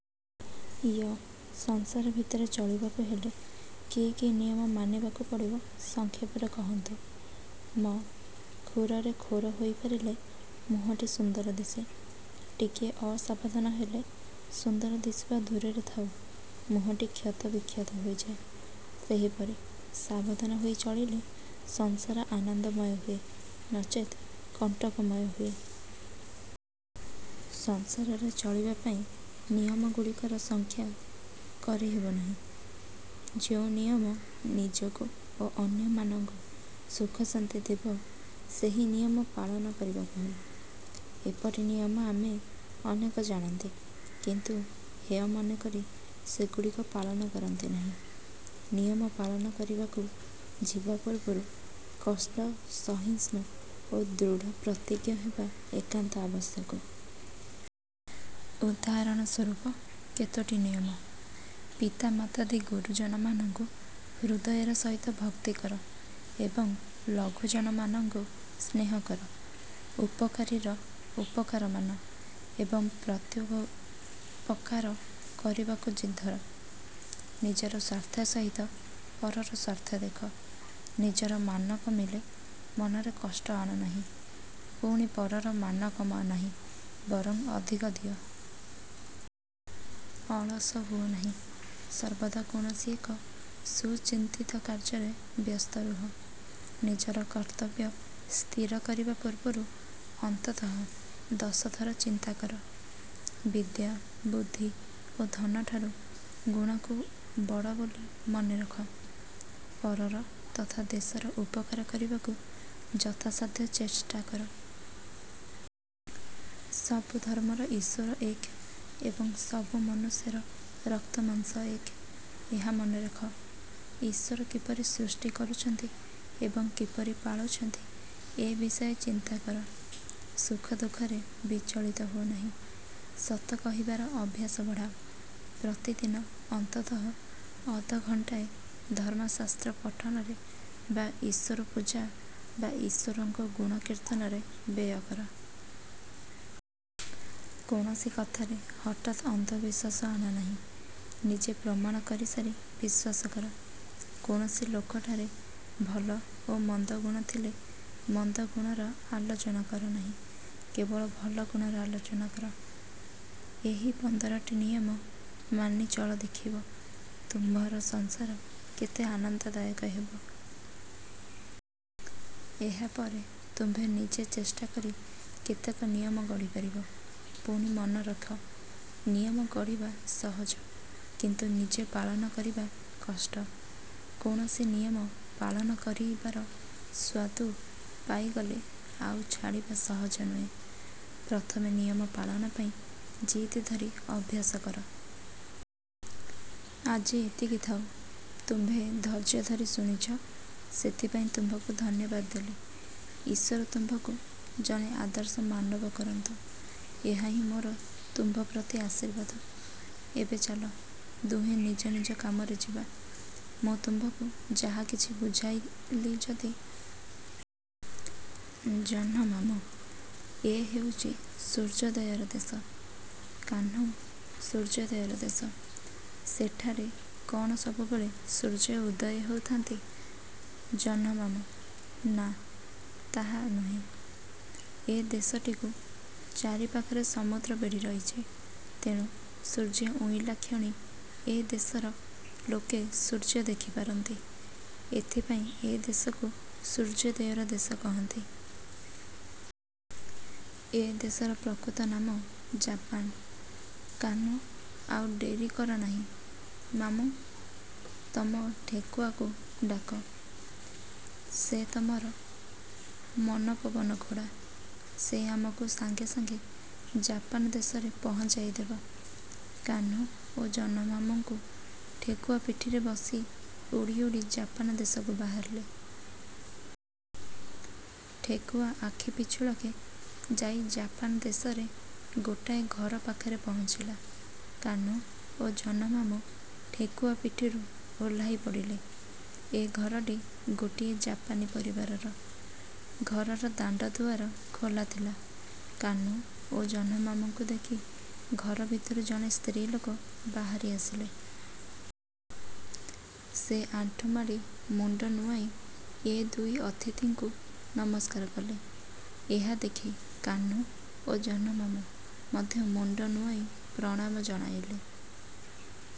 ୟ-ସଂସାର ଭିତରେ ଚଳିବାକୁ ହେଲେ କି କି ନିୟମ ମାନିବାକୁ ପଡ଼ିବ, ସଂକ୍ଷେପରେ କହନ୍ତୁ। ମ-କ୍ଷୁରରେ କ୍ଷୌର ହୋଇପାରିଲେ ମୁହଁଟି ସୁନ୍ଦର ଦିଶେ। ଟିକିଏ ଅସାବଧାନ ହେଲେ ସୁନ୍ଦର ଦିଶିବା ଦୂରେ ଥାଉ ମୁହଁଟି କ୍ଷତ ବିକ୍ଷତ ହୋଇଯାଏ। ସେହିପରି ସାବଧାନ ହୋଇ ଚଳିଲେ ସଂସାର ଆନନ୍ଦମୟ ହୁଏ, ନଚେତ୍ କଣ୍ଟକମୟ ହୁଏ। ସଂସାରରେ ଚଳିବା ପାଇଁ ନିୟମଗୁଡ଼ିକର ସଂଖ୍ୟା କରି ହେବ ନାହିଁ। ଯେଉଁ ନିୟମ ନିଜକୁ ଓ ଅନ୍ୟମାନଙ୍କୁ ସୁଖଶାନ୍ତି ଦେବ ସେହି ନିୟମ ପାଳନ କରିବାକୁ ହେବ। ଏପରି ନିୟମ ଆମେ ଅନେକ ଜାଣନ୍ତି କିନ୍ତୁ ହେୟ ମନେକରି ସେଗୁଡ଼ିକ ପାଳନ କରନ୍ତି ନାହିଁ। ନିୟମ ପାଳନ କରିବାକୁ ଯିବା ପୂର୍ବରୁ କଷ୍ଟ ସହିଷ୍ଣୁ ଓ ଦୃଢ଼ ପ୍ରତିଜ୍ଞ ହେବା ଏକାନ୍ତ ଆବଶ୍ୟକ। ଉଦାହରଣ ସ୍ୱରୂପ କେତୋଟି ନିୟମ- ପିତାମାତାଦି ଗୁରୁଜନମାନଙ୍କୁ ହୃଦୟର ସହିତ ଭକ୍ତି କର ଏବଂ ଲଘୁଜନମାନଙ୍କୁ ସ୍ନେହ କର। ଉପକାରୀର ଉପକାର ମାନ ଏବଂ ପ୍ରତ୍ୟୁପକାର କରିବାକୁ ଜିଦ୍ଧର। ନିଜର ସ୍ଵାର୍ଥ ସହିତ ପରର ସ୍ଵାର୍ଥ ଦେଖ। ନିଜର ମାନ କମିଲେ ମନରେ କଷ୍ଟ ଆଣ ନାହିଁ, ପୁଣି ପରର ମାନ କମାଅ ନାହିଁ ବରଂ ଅଧିକ ଦିଅ। ଅଳସ ହୁଅ ନାହିଁ, ସର୍ବଦା କୌଣସି ଏକ ସୁଚିନ୍ତିତ କାର୍ଯ୍ୟରେ ବ୍ୟସ୍ତ ରୁହ। ନିଜର କର୍ତ୍ତବ୍ୟ ସ୍ଥିର କରିବା ପୂର୍ବରୁ ଅନ୍ତତଃ ଦଶ ଥର ଚିନ୍ତା କର। ବିଦ୍ୟା, ବୁଦ୍ଧି ଓ ଧନଠାରୁ ଗୁଣକୁ ବଡ଼ ବୋଲି ମନେରଖ। ପରର ତଥା ଦେଶର ଉପକାର କରିବାକୁ ଯଥାସାଧ୍ୟ ଚେଷ୍ଟା କର। ସବୁ ଧର୍ମର ଈଶ୍ଵର ଏକ ଏବଂ ସବୁ ମନୁଷ୍ୟର ରକ୍ତ ମାଂସ ଏକ, ଏହା ମନେରଖ। ଈଶ୍ଵର କିପରି ସୃଷ୍ଟି କରୁଛନ୍ତି ଏବଂ କିପରି ପାଳୁଛନ୍ତି ଏ ବିଷୟ ଚିନ୍ତା କର। ସୁଖ ଦୁଃଖରେ ବିଚଳିତ ହୁଅ ନାହିଁ। ସତ କହିବାର ଅଭ୍ୟାସ ବଢ଼ାଅ ପ୍ରତିଦିନ ଅନ୍ତତଃ ଅଧଘଣ୍ଟାଏ ଧର୍ମଶାସ୍ତ୍ର ପଠନରେ ବା ଈଶ୍ଵର ପୂଜା ବା ଈଶ୍ଵରଙ୍କ ଗୁଣ କୀର୍ତ୍ତନରେ ବ୍ୟୟ କର। କୌଣସି କଥାରେ ହଠାତ୍ ଅନ୍ଧବିଶ୍ଵାସ ଆଣ ନାହିଁ-। ନିଜେ ପ୍ରମାଣ କରିସାରି ବିଶ୍ଵାସ କର। କୌଣସି ଲୋକଠାରେ ଭଲ ଓ ମନ୍ଦ ଗୁଣ ଥିଲେ, ମନ୍ଦ ଗୁଣର ଆଲୋଚନା କର ନାହିଁ, କେବଳ ଭଲ ଗୁଣର ଆଲୋଚନା କର। ଏହି ପନ୍ଦରଟି ନିୟମ ମାନି ଚଳ ଦେଖିବ, ତୁମ୍ଭର ସଂସାର କେତେ ଆନ୍ଦନଦାୟକ ହେବ। ଏହାପରେ ତୁମ୍ଭେ ନିଜେ ଚେଷ୍ଟା କରି କେତେକ ନିୟମ ଗଢ଼ିପାରିବ। ପୁଣି ମନେରଖ ନିୟମ ଗଢ଼ିବା ସହଜ କିନ୍ତୁ ନିୟମ ପାଳନ କରିବା କଷ୍ଟ। କୌଣସି ନିୟମ ପାଳନ କରିବାର ସ୍ଵାଦୁ ପାଇଗଲେ ଆଉ ଛାଡ଼ିବା ସହଜ ନୁହେଁ। ପ୍ରଥମେ ନିୟମ ପାଳନ ପାଇଁ ଜିଦ୍ ଧରି ଅଭ୍ୟାସ କର। ଆଜି ଏତିକି ଥାଉ। ତୁମ୍ଭେ ଧୈର୍ଯ୍ୟ ଧରି ଶୁଣିଛ ସେଥିପାଇଁ ତୁମ୍ଭଙ୍କୁ ଧନ୍ୟବାଦ ଦେଲି। ଈଶ୍ଵର ତୁମ୍ଭଙ୍କୁ ଜଣେ ଆଦର୍ଶ ମାନବ କରନ୍ତୁ। ଏହାହିଁ ମୋର ତୁମ୍ଭ ପ୍ରତି ଆଶୀର୍ବାଦ। ଏବେ ଚାଲ, ଦୁହେଁ ନିଜ ନିଜ କାମରେ ଯିବା। ମୁଁ ତୁମ୍ଭଙ୍କୁ ଯାହା କିଛି ବୁଝାଇଲି ଯଦି। ଜହ୍ନମାମୁଁ-ଏ ହେଉଛି "ସୂର୍ଯ୍ୟୋଦୟର ଦେଶ"। କାହ୍ନୁ-ସୂର୍ଯ୍ୟୋଦୟର ଦେଶ! ସେଠାରେ କ'ଣ ସବୁବେଳେ ସୂର୍ଯ୍ୟ ଉଦୟ ହେଉଥାନ୍ତି-? ଜହ୍ନମାମୁ-ନାଁ, ତା' ନୁହେଁ। ଏ ଦେଶଟିକୁ ଚାରିପାଖରେ ସମୁଦ୍ର ବେଢ଼ି ରହିଛି। ତେଣୁ ସୂର୍ଯ୍ୟ ଉଇଁଲାକ୍ଷଣି ଏ ଦେଶର ଲୋକେ ସୂର୍ଯ୍ୟ ଦେଖିପାରନ୍ତି। ଏଥିପାଇଁ ଏ ଦେଶକୁ "ସୂର୍ଯ୍ୟୋଦୟର ଦେଶ" କହନ୍ତି। ଏ ଦେଶର ପ୍ରକୃତ ନାମ ଜାପାନ। କାହ୍ନୁ-ଆଉ ଡେରିକର ନାହିଁ ମାମୁଁ! ତମ ଠେକୁଆକୁ ଡାକ। ସେ ତମର ମନପବନ ଘୋଡ଼ା। ସେ ଆମକୁ ସାଙ୍ଗେ ସାଙ୍ଗେ ଜାପାନ ଦେଶରେ ପହଞ୍ଚାଇ ଦେବ। କାହ୍ନୁ ଓ ଜହ୍ନମାମୁଁଙ୍କୁ ଠେକୁଆ ପିଠିରେ ବସି ଉଡ଼ି ଉଡ଼ି ଜାପାନ ଦେଶକୁ ବାହାରିଲେ। ଠେକୁଆ ଆଖି ପିଛୁଳାକେ ଯାଇ ଜାପାନ ଦେଶରେ ଗୋଟାଏ ଘର ପାଖରେ ପହଞ୍ଚିଲା-। କାହ୍ନୁ ଓ ଜହ୍ନମାମୁଁ ଠେକୁଆ ପିଠିରୁ ଓହ୍ଲାଇ ପଡ଼ିଲେ। ଏ ଘରଟି ଗୋଟିଏ ଜାପାନୀ ପରିବାରର-। ଘରର ଦାଣ୍ଡଦୁଆର ଖୋଲା ଥିଲା। କାହ୍ନୁ ଓ ଜହ୍ନମାମୁଁଙ୍କୁ ଦେଖି ଘର ଭିତରୁ ଜଣେ ସ୍ତ୍ରୀଲୋକ ବାହାରି ଆସିଲେ। ସେ ଆଣ୍ଠୁମାଡ଼ି, ମୁଣ୍ଡ ନୁଆଇଁ ଏ ଦୁଇ ଅତିଥିଙ୍କୁ ନମସ୍କାର କଲେ। ଏହା ଦେଖି କାହ୍ନୁ ଓ ଜହ୍ନମାମୁଁ ମଧ୍ୟ ମୁଣ୍ଡ ନୁଆଇଁ ପ୍ରଣାମ ଜଣାଇଲେ।